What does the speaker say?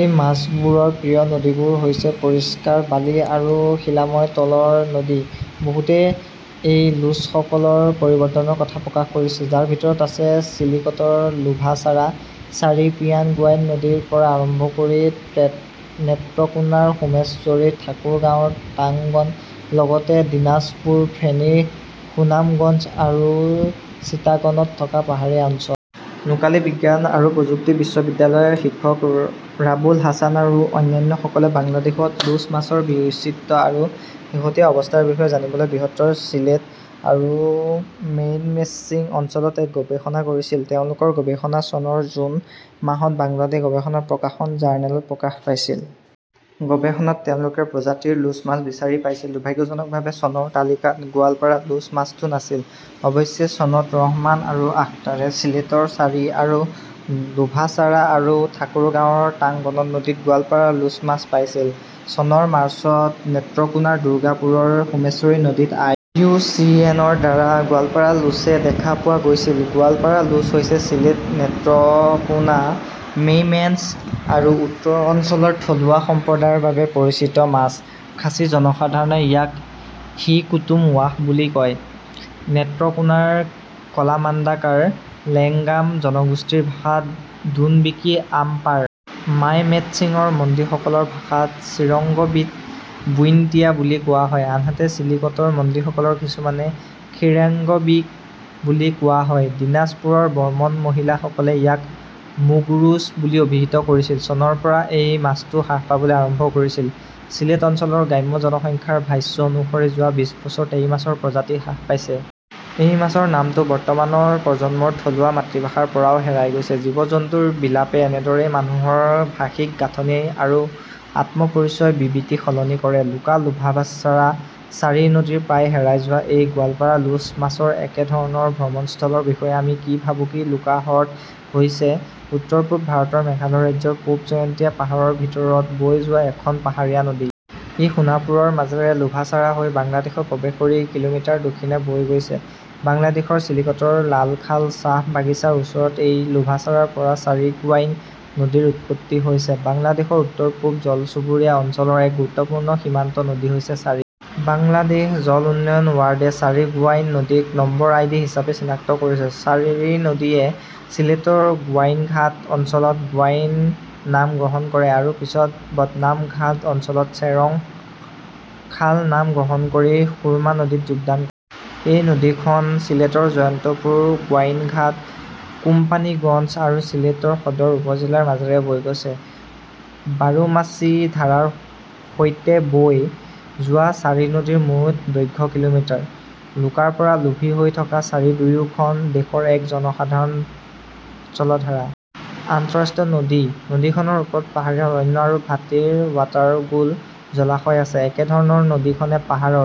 এই মাছবোৰৰ প্ৰিয় নদীবোৰ হৈছে পৰিষ্কাৰ বালি আৰু শিলাময় তলৰ নদী। বহুতে এই লোচসকলৰ পৰিৱৰ্তনৰ কথা প্ৰকাশ কৰিছে, যাৰ ভিতৰত আছে চিলিকটৰ লোভাছাৰা, ছাৰী, পিয়ান, গোৱাইন নদীৰ পৰা আৰম্ভ কৰি নেত্ৰকোনাৰ সোমেশ্বৰী, ঠাকুৰগাঁওৰ টাংগন, লগতে দিনাজপুৰ, ফেনী, সুনামগঞ্জ আৰু চিটাগঙত থকা পাহাৰীয়া অঞ্চল। নোকালী বিজ্ঞান আৰু প্ৰযুক্তি বিশ্ববিদ্যালয়ৰ শিক্ষক ৰাবুল হাছান আৰু অন্যান্যসকলে বাংলাদেশত লোচ মাছৰ বৈচিত্ৰ্য আৰু শেহতীয়া অৱস্থাৰ বিষয়ে জানিবলৈ বৃহত্তৰ চিলেট আৰু মেইমেশ্বিং অঞ্চলত এক গৱেষণা কৰিছিল। তেওঁলোকৰ গৱেষণা চনৰ জুন মাহত বাংলাদেশ গৱেষণা প্ৰকাশন জাৰ্নেলত প্ৰকাশ পাইছিল। গৱেষণাত তেওঁলোকে প্ৰজাতিৰ লোছ মাছ বিচাৰি পাইছিল। দুৰ্ভাগ্যজনকভাৱে চনৰ তালিকাত 'গোৱালপাড়া লোচ "মাছটো নাছিল। অৱশ্যে চনত ৰহমান আৰু আখতাৰে ছিলেটৰ চাৰী আৰু লোভাছাৰা আৰু ঠাকুৰগাঁওৰ টাংগন নদীত 'গোৱালপাৰা লোচ "মাছ পাইছিল। চনৰ মাৰ্চত নেত্ৰকোনাৰ দুৰ্গাপুৰৰ সোমেশ্বৰী নদীত আই. ইউ. চি. এন. ৰ দ্বাৰা গোৱালপাড়া লোচে দেখা পোৱা গৈছিল। গোৱালপাৰা লোচ হৈছে চিলেট, নেত্ৰকোনা, মেইমেঞ্চ আৰু উত্তৰ অঞ্চলৰ থলুৱা সম্প্ৰদায়ৰ বাবে পৰিচিত মাছ। খাচী জনসাধাৰণে ইয়াক হি কুতুম ৱাহ বুলি কয়। নেত্ৰকোনাৰ কলমাকাণ্ডাৰ লেংগাম জনগোষ্ঠীৰ ভাষাত দুনবিকী আমপাৰ । মাইমেন্সিংৰ মণ্ডীসকলৰ ভাষাত চিৰিঙ্গবীট বুইণ্টিয়া বুলি কোৱা হয়, আনহাতে চিলিকটৰ মণ্ডীসকলৰ কিছুমানে খিৰেঙ্গবীট বুলি কোৱা হয়। দিনাজপুৰৰ বৰ্মন মহিলাসকলে ইয়াক মুগৰুচ "বুলি অভিহিত কৰিছিল। চনৰ পৰা এই মাছটো হ্ৰাস পাবলৈ আৰম্ভ কৰিছিল। চিলেট অঞ্চলৰ গ্ৰাম্য জনসংখ্যাৰ ভাষ্য অনুসৰি যোৱা বিশ বছৰত এই মাছৰ প্ৰজাতি হ্ৰাস পাইছে। এই মাছৰ নামটো বৰ্তমানৰ প্ৰজন্মৰ থলুৱা মাতৃভাষাৰ পৰাও হেৰাই গৈছে। জীৱ-জন্তুৰ বিলোপে এনেদৰেই মানুহৰ ভাষিক গাঁথনি আৰু আত্ম-পৰিচয়ৰ বিবৃতি সলনি কৰে। লুকা লোভাছাৰা ছাৰী নদীৰ প্ৰায় হেৰাই যোৱা এই 'গোৱালপাৰা লোচ "মাছৰ একেধৰণৰ ভ্ৰমণস্থলৰ বিষয়ে আমি কি ভাবিছোঁ লুকা হ্ৰদ হৈছে উত্তৰ-পূব ভাৰতৰ মেঘালয় ৰাজ্যৰ পূব জয়ন্তীয়া পাহাৰৰ ভিতৰত বৈ যোৱা এখন পাহাৰীয়া নদী। ই সোনাপুৰৰ মাজেৰে লোভাছাৰা হৈ বাংলাদেশত প্ৰৱেশ কৰি কিলোমিটাৰ দক্ষিণে বৈ গৈছে। বাংলাদেশৰ চিলিকটৰ লালখাল চাহ বাগিচাৰ ওচৰৰ এই লোভাছাৰাৰ পৰা ছাৰী-গোৱাইন নদীৰ উৎপত্তি হৈছে। বাংলাদেশৰ উত্তৰ-পূব জল-চুবুৰীয়া অঞ্চলৰ এক গুৰুত্বপূৰ্ণ সীমান্ত নদী হৈছে ছাৰী। বাংলাদেশ জল উন্নয়ন বোৰ্ডে ছাৰী-গোৱাইন নদীক নম্বৰ আইডি হিচাপে চিনাক্ত কৰিছে। ছৰী নদীয়ে ছিলেটৰ গোৱাইনঘাট অঞ্চলত গোৱাইন নাম গ্ৰহণ কৰে আৰু পিছত বাদামঘাট অঞ্চলত চেংৰ খাল নাম গ্ৰহণ কৰি সুৰমা নদীত যোগদান কৰে। এই নদীখন চিলেটৰ জয়ন্তপুৰ, গোৱাইনঘাট, কোম্পানীগঞ্জ আৰু চিলেটৰ সদৰ উপ-জিলাৰ মাজেৰে বৈ গৈছে। বাৰোমাচি ধাৰাৰ সৈতে বৈ যোৱা ছাৰী নদীৰ মুঠ দৈৰ্ঘ্য কিলোমিটাৰ। লুকাৰ পৰা লোভী হৈ থকা ছাৰী দুয়োখন দেশৰ এক সাধাৰণ জলধাৰা। আন্তঃৰাষ্ট্ৰীয় নদী। নদীখনৰ ওপৰত পাহাৰীয়া অৰণ্য আৰু ভাটিৰ ৰাটাৰগুল জলাশয় আছে। একেধৰণৰ নদীখনে পাহাৰৰ